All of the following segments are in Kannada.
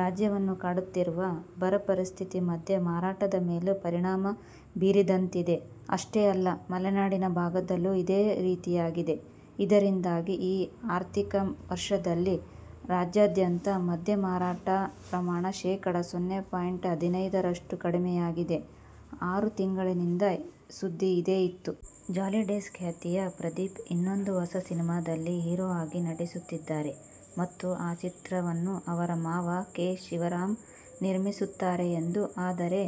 ರಾಜ್ಯವನ್ನು ಕಾಡುತ್ತಿರುವ ಬರ ಪರಿಸ್ಥಿತಿ ಮದ್ಯ ಮಾರಾಟದ ಮೇಲೂ ಪರಿಣಾಮ ಬೀರಿದಂತಿದೆ. ಅಷ್ಟೇ ಅಲ್ಲ, ಮಲೆನಾಡಿನ ಭಾಗದಲ್ಲೂ ಇದೇ ರೀತಿಯಾಗಿದೆ. ಇದರಿಂದಾಗಿ ಈ ಆರ್ಥಿಕ ವರ್ಷದಲ್ಲಿ ರಾಜ್ಯಾದ್ಯಂತ ಮದ್ಯ ಮಾರಾಟ ಪ್ರಮಾಣ ಶೇಖಡ ಸೊನ್ನೆ ಪಾಯಿಂಟ್ ಹದಿನೈದರಷ್ಟು ಕಡಿಮೆಯಾಗಿದೆ. ಆರು ತಿಂಗಳಿನಿಂದ ಸುದ್ದಿ ಇದ್ದೇ ಇತ್ತು. ಜಾಲಿಡೇಸ್' ಖ್ಯಾತಿಯ ಪ್ರದೀಪ್ ಇನ್ನೊಂದು ಹೊಸ ಸಿನಿಮಾದಲ್ಲಿ ಹೀರೋ ಆಗಿ ನಟಿಸುತ್ತಿದ್ದಾರೆ ಮತ್ತು ಆ ಚಿತ್ರವನ್ನು ಅವರ ಮಾವ ಕೆ. ಶಿವರಾಂ ನಿರ್ಮಿಸುತ್ತಾರೆ ಎಂದು. ಆದರೆ,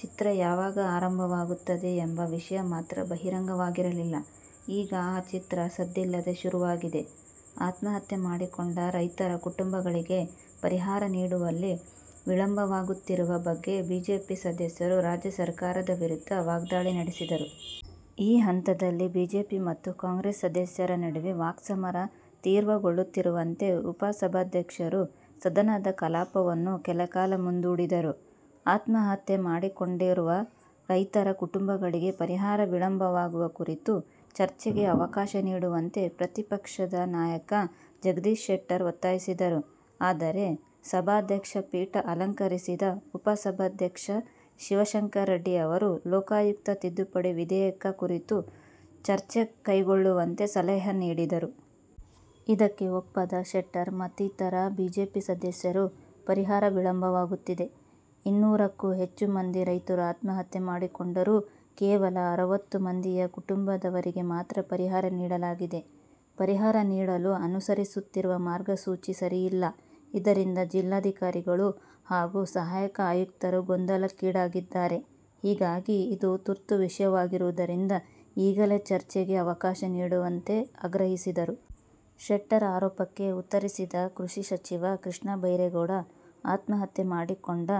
ಚಿತ್ರ ಯಾವಾಗ ಆರಂಭವಾಗುತ್ತದೆ ಎಂಬ ವಿಷಯ ಮಾತ್ರ ಬಹಿರಂಗವಾಗಿರಲಿಲ್ಲ. ಈಗ ಆ ಚಿತ್ರ ಸದ್ದಿಲ್ಲದೆ ಶುರುವಾಗಿದೆ. ಆತ್ಮಹತ್ಯೆ ಮಾಡಿಕೊಂಡ ರೈತರ ಕುಟುಂಬಗಳಿಗೆ ಪರಿಹಾರ ನೀಡುವಲ್ಲಿ ವಿಳಂಬವಾಗುತ್ತಿರುವ ಬಗ್ಗೆ ಬಿಜೆಪಿ ಸದಸ್ಯರು ರಾಜ್ಯ ಸರ್ಕಾರದ ವಿರುದ್ಧ ವಾಗ್ಧಾಳಿ ನಡೆಸಿದರು. ಈ ಹಂತದಲ್ಲಿ ಬಿಜೆಪಿ ಮತ್ತು ಕಾಂಗ್ರೆಸ್ ಸದಸ್ಯರ ನಡುವೆ ವಾಕ್ಸಮರ ತೀವ್ರಗೊಳ್ಳುತ್ತಿರುವಂತೆ ಉಪಸಭಾಧ್ಯಕ್ಷರು ಸದನದ ಕಲಾಪವನ್ನು ಕೆಲಕಾಲ ಮುಂದೂಡಿದರು. ಆತ್ಮಹತ್ಯೆ ಮಾಡಿಕೊಂಡಿರುವ ರೈತರ ಕುಟುಂಬಗಳಿಗೆ ಪರಿಹಾರ ವಿಳಂಬವಾಗುವ ಕುರಿತು ಚರ್ಚೆಗೆ ಅವಕಾಶ ನೀಡುವಂತೆ ಪ್ರತಿಪಕ್ಷದ ನಾಯಕ ಜಗದೀಶ್ ಶೆಟ್ಟರ್ ಒತ್ತಾಯಿಸಿದರು. ಆದರೆ, ಸಭಾಧ್ಯಕ್ಷ ಪೀಠ ಅಲಂಕರಿಸಿದ್ದ ಉಪಸಭಾಧ್ಯಕ್ಷ ಶಿವಶಂಕರರೆಡ್ಡಿ ಅವರು ಲೋಕಾಯುಕ್ತ ತಿದ್ದುಪಡಿ ವಿಧೇಯಕ ಕುರಿತ ಚರ್ಚೆ ಕೈಗೆತ್ತಿಕೊಳ್ಳುವಂತೆ ಸಲಹೆ ನೀಡಿದರು. ಇದಕ್ಕೆ ಒಪ್ಪದ ಶೆಟ್ಟರ್ ಮತ್ತಿತರ ಬಿಜೆಪಿ ಸದಸ್ಯರು ಪರಿಹಾರ ವಿಳಂಬವಾಗುತ್ತಿದೆ. ಇನ್ನೂರಕ್ಕೂ ಹೆಚ್ಚು ಮಂದಿ ರೈತರು ಆತ್ಮಹತ್ಯೆ ಮಾಡಿಕೊಂಡರೂ ಕೇವಲ ಅರವತ್ತು ಮಂದಿಯ ಕುಟುಂಬದವರಿಗೆ ಮಾತ್ರ ಪರಿಹಾರ ನೀಡಲಾಗಿದೆ. ಪರಿಹಾರ ನೀಡಲು ಅನುಸರಿಸುತ್ತಿರುವ ಮಾರ್ಗಸೂಚಿ ಸರಿಯಿಲ್ಲ. ಇದರಿಂದ ಜಿಲ್ಲಾಧಿಕಾರಿಗಳು ಹಾಗೂ ಸಹಾಯಕ ಆಯುಕ್ತರು ಗೊಂದಲಕ್ಕೀಡಾಗಿದ್ದಾರೆ. ಹೀಗಾಗಿ ಇದು ತುರ್ತು ವಿಷಯವಾಗಿರುವುದರಿಂದ ಈಗಲೇ ಚರ್ಚೆಗೆ ಅವಕಾಶ ನೀಡುವಂತೆ ಆಗ್ರಹಿಸಿದರು. ಶೆಟ್ಟರ್ ಆರೋಪಕ್ಕೆ ಉತ್ತರಿಸಿದ ಕೃಷಿ ಸಚಿವ ಕೃಷ್ಣ ಬೈರೇಗೌಡ, ಆತ್ಮಹತ್ಯೆ ಮಾಡಿಕೊಂಡ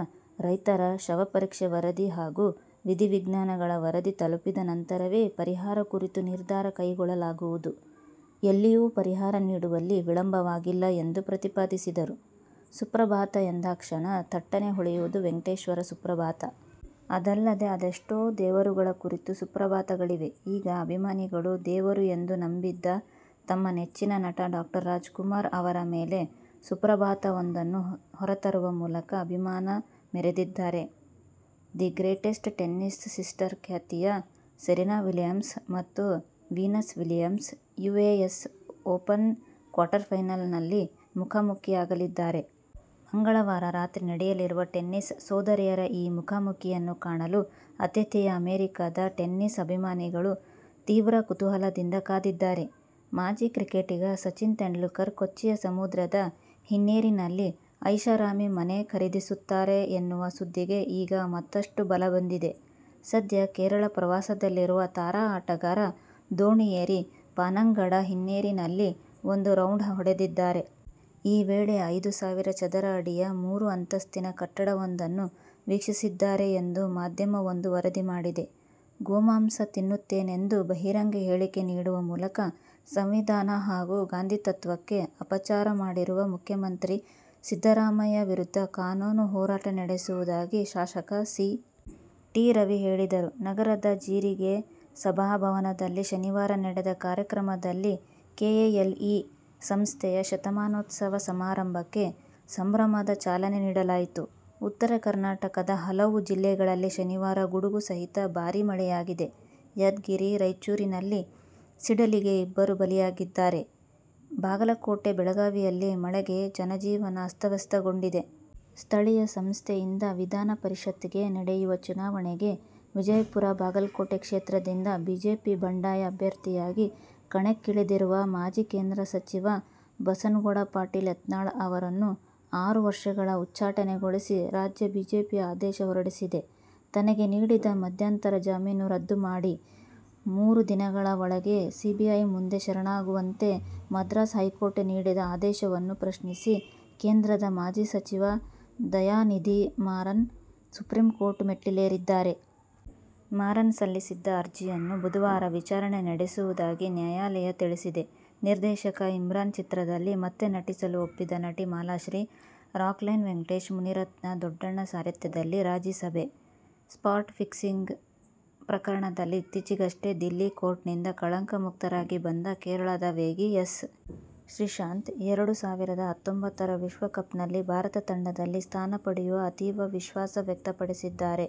ರೈತರ ಶವಪರೀಕ್ಷೆ ವರದಿ ಹಾಗೂ ವಿಧಿ ವಿಜ್ಞಾನಗಳ ವರದಿ ತಲುಪಿದ ನಂತರವೇ ಪರಿಹಾರ ಕುರಿತು ನಿರ್ಧಾರ ಕೈಗೊಳ್ಳಲಾಗುವುದು. ಎಲ್ಲಿಯೂ ಪರಿಹಾರ ನೀಡುವಲ್ಲಿ ವಿಳಂಬವಾಗಿಲ್ಲ ಎಂದು ಪ್ರತಿಪಾದಿಸಿದರು. ಸುಪ್ರಭಾತ ಎಂದಾಕ್ಷಣ ಥಟ್ಟನೆ ಹೊಳೆಯುವುದು ವೆಂಕಟೇಶ್ವರ ಸುಪ್ರಭಾತ. ಅದಲ್ಲದೆ ಅದೆಷ್ಟೋ ದೇವರುಗಳ ಕುರಿತು ಸುಪ್ರಭಾತಗಳಿವೆ. ಈಗ ಅಭಿಮಾನಿಗಳು, ದೇವರು ಎಂದು ನಂಬಿದ್ದ ತಮ್ಮ ಮೆಚ್ಚಿನ ನಟ ಡಾ. ರಾಜ್ಕುಮಾರ್ ಅವರ ಮೇಲೆ ಸುಪ್ರಭಾತವೊಂದನ್ನು ಹೊರತರುವ ಮೂಲಕ ಅಭಿಮಾನ ಮೆರೆದಿದ್ದಾರೆ. ದಿ ಗ್ರೇಟೆಸ್ಟ್ ಟೆನ್ನಿಸ್ ಸಿಸ್ಟರ್' ಖ್ಯಾತಿಯ ಸೆರೆನಾ ವಿಲಿಯಮ್ಸ್ ಮತ್ತು Venus Williams US Open quarter ಫೈನಲ್ನಲ್ಲಿ ಮುಖಾಮುಖೀಯಾಗಲಿದ್ದಾರೆ. ಮಂಗಳವಾರ ರಾತ್ರಿ ನಡೆಯಲಿರುವ ಟೆನ್ನಿಸ್ ಸೋದರಿಯರ ಈ ಮುಖಾಮುಖೀಯನ್ನು ಕಾಣಲು ಆತಿಥೇಯ ಅಮೆರಿಕದ ಟೆನ್ನಿಸ್ ಅಭಿಮಾನಿಗಳು ತೀವ್ರ ಕುತೂಹಲದಿಂದ ಕಾದಿದ್ದಾರೆ. ಮಾಜಿ ಕ್ರಿಕೆಟಿಗ ಸಚಿನ್ ತೆಂಡುಲ್ಕರ್ ಕೊಚ್ಚಿಯ ಸಮುದ್ರದ ಹಿನ್ನೀರಿನಲ್ಲಿ ಐಷಾರಾಮಿ ಮನೆ ಖರೀದಿಸುತ್ತಾರೆ ಎನ್ನುವ ಸುದ್ದಿಗೆ ಈಗ ಮತ್ತಷ್ಟು ಬಲ ಬಂದಿದೆ. ಸದ್ಯ ಕೇರಳ ಪ್ರವಾಸದಲ್ಲಿರುವ ತಾರಾ ಆಟಗಾರ ದೋಣಿಯೇರಿ ಪಾನಂಗಡ ಹಿನ್ನೀರಿನಲ್ಲಿ ಒಂದು ರೌಂಡ್ ಹೊಡೆದಿದ್ದಾರೆ. ಈ ವೇಳೆ ಐದು ಸಾವಿರ ಚದರ ಅಡಿಯ ಮೂರು ಅಂತಸ್ತಿನ ಕಟ್ಟಡವೊಂದನ್ನು ವೀಕ್ಷಿಸಿದ್ದಾರೆ ಎಂದು ಮಾಧ್ಯಮವೊಂದು ವರದಿ ಮಾಡಿದೆ. ಗೋಮಾಂಸ ತಿನ್ನುತ್ತೇನೆಂದು ಬಹಿರಂಗ ಹೇಳಿಕೆ ನೀಡುವ ಮೂಲಕ ಸಂವಿಧಾನ ಹಾಗೂ ಗಾಂಧಿತತ್ವಕ್ಕೆ ಅಪಚಾರ ಮಾಡಿರುವ ಮುಖ್ಯಮಂತ್ರಿ ಸಿದ್ದರಾಮಯ್ಯ ವಿರುದ್ಧ ಕಾನೂನು ಹೋರಾಟ ನಡೆಸುವುದಾಗಿ ಶಾಸಕ ಸಿ. ಟಿ. ರವಿ ಹೇಳಿದರು. ನಗರದ ಜೀರಗೆ ಸಭಾಭವನದಲ್ಲಿ ಶನಿವಾರ ನಡೆದ ಕಾರ್ಯಕ್ರಮದಲ್ಲಿ ಕೆಎಲ್ಇ ಸಂಸ್ಥೆಯ ಶತಮಾನೋತ್ಸವ ಸಮಾರಂಭಕ್ಕೆ ಸಂಭ್ರಮದ ಚಾಲನೆ ನೀಡಲಾಯಿತು. ಉತ್ತರ ಕರ್ನಾಟಕದ ಹಲವು ಜಿಲ್ಲೆಗಳಲ್ಲಿ ಶನಿವಾರ ಗುಡುಗು ಸಹಿತ ಭಾರೀ ಮಳೆಯಾಗಿದೆ. ಯಾದಗಿರಿ, ರಾಯಚೂರಿನಲ್ಲಿ ಸಿಡಿಲಿಗೆ ಇಬ್ಬರು ಬಲಿಯಾಗಿದ್ದಾರೆ. ಬಾಗಲ ಕೋಟೆ, ಬೆಳಗಾವಿಯಲ್ಲಿ ಮಳೆಗೆ ಜನಜೀವನ ಅಸ್ತವ್ಯಸ್ತಗೊಂಡಿದೆ. ಸ್ಥಳೀಯ ಸಂಸ್ಥೆಯಿಂದ ವಿಧಾನಪರಿಷತ್ಗೆ ನಡೆಯುವ ಚುನಾವಣೆಗೆ ವಿಜಯಪುರ-ಬಾಗಲಕೋಟೆ ಕ್ಷೇತ್ರದಿಂದ ಬಿಜೆಪಿ ಬಂಡಾಯ ಅಭ್ಯರ್ಥಿಯಾಗಿ ಕಣಕ್ಕಿಳಿದಿರುವ ಮಾಜಿ ಕೇಂದ್ರ ಸಚಿವ ಬಸನಗೌಡ ಪಾಟೀಲ್ ಯತ್ನಾಳ್ ಅವರನ್ನು ಆರು ವರ್ಷಗಳ ಉಚ್ಛಾಟನೆಗೊಳಿಸಿ ರಾಜ್ಯ ಬಿಜೆಪಿ ಆದೇಶ ಹೊರಡಿಸಿದೆ. ತನಗೆ ನೀಡಿದ ಮಧ್ಯಂತರ ಜಾಮೀನು ರದ್ದು ಮಾಡಿ, ಮೂರು ದಿನಗಳ ಒಳಗೆ ಸಿಬಿಐ ಮುಂದೆ ಶರಣಾಗುವಂತೆ ಮದ್ರಾಸ್ ಹೈಕೋರ್ಟ್ ನೀಡಿದ ಆದೇಶವನ್ನು ಪ್ರಶ್ನಿಸಿ ಕೇಂದ್ರದ ಮಾಜಿ ಸಚಿವ ದಯಾನಿಧಿ ಮಾರನ್ ಸುಪ್ರೀಂಕೋರ್ಟ್ ಮೆಟ್ಟಿಲೇರಿದ್ದಾರೆ. ಮಾರನ್ ಸಲ್ಲಿಸಿದ್ದ ಅರ್ಜಿಯನ್ನು ಬುಧವಾರ ವಿಚಾರಣೆ ನಡೆಸುವುದಾಗಿ ನ್ಯಾಯಾಲಯ ತಿಳಿಸಿದೆ. ನಿರ್ದೇಶಕ ಇಮ್ರಾನ್ ಚಿತ್ರದಲ್ಲಿ ಮತ್ತೆ ನಟಿಸಲು ಒಪ್ಪಿದ ನಟಿ ಮಾಲಾಶ್ರೀ ರಾಕ್ಲೈನ್ ವೆಂಕಟೇಶ್, ಮುನಿರತ್ನ, ದೊಡ್ಡಣ್ಣ ಸಾರಥ್ಯದಲ್ಲಿ ರಾಜಿ ಸಭೆ. ಸ್ಪಾಟ್ ಫಿಕ್ಸಿಂಗ್ ಪ್ರಕರಣದಲ್ಲಿ ಇತ್ತೀಚೆಗಷ್ಟೇ ದಿಲ್ಲಿ ಕೋರ್ಟ್ನಿಂದ ಕಳಂಕ ಮುಕ್ತರಾಗಿ ಬಂದ ಕೇರಳದ ವೇಗಿ ಎಸ್. ಶ್ರೀಶಾಂತ್, ಎರಡು ಸಾವಿರದ ಹತೊಂಬತ್ತರ ವಿಶ್ವಕಪ್ನಲ್ಲಿ ಭಾರತ ತಂಡದಲ್ಲಿ ಸ್ಥಾನ ಪಡೆಯುವ ಅತೀವ ವಿಶ್ವಾಸ ವ್ಯಕ್ತಪಡಿಸಿದ್ದಾರೆ.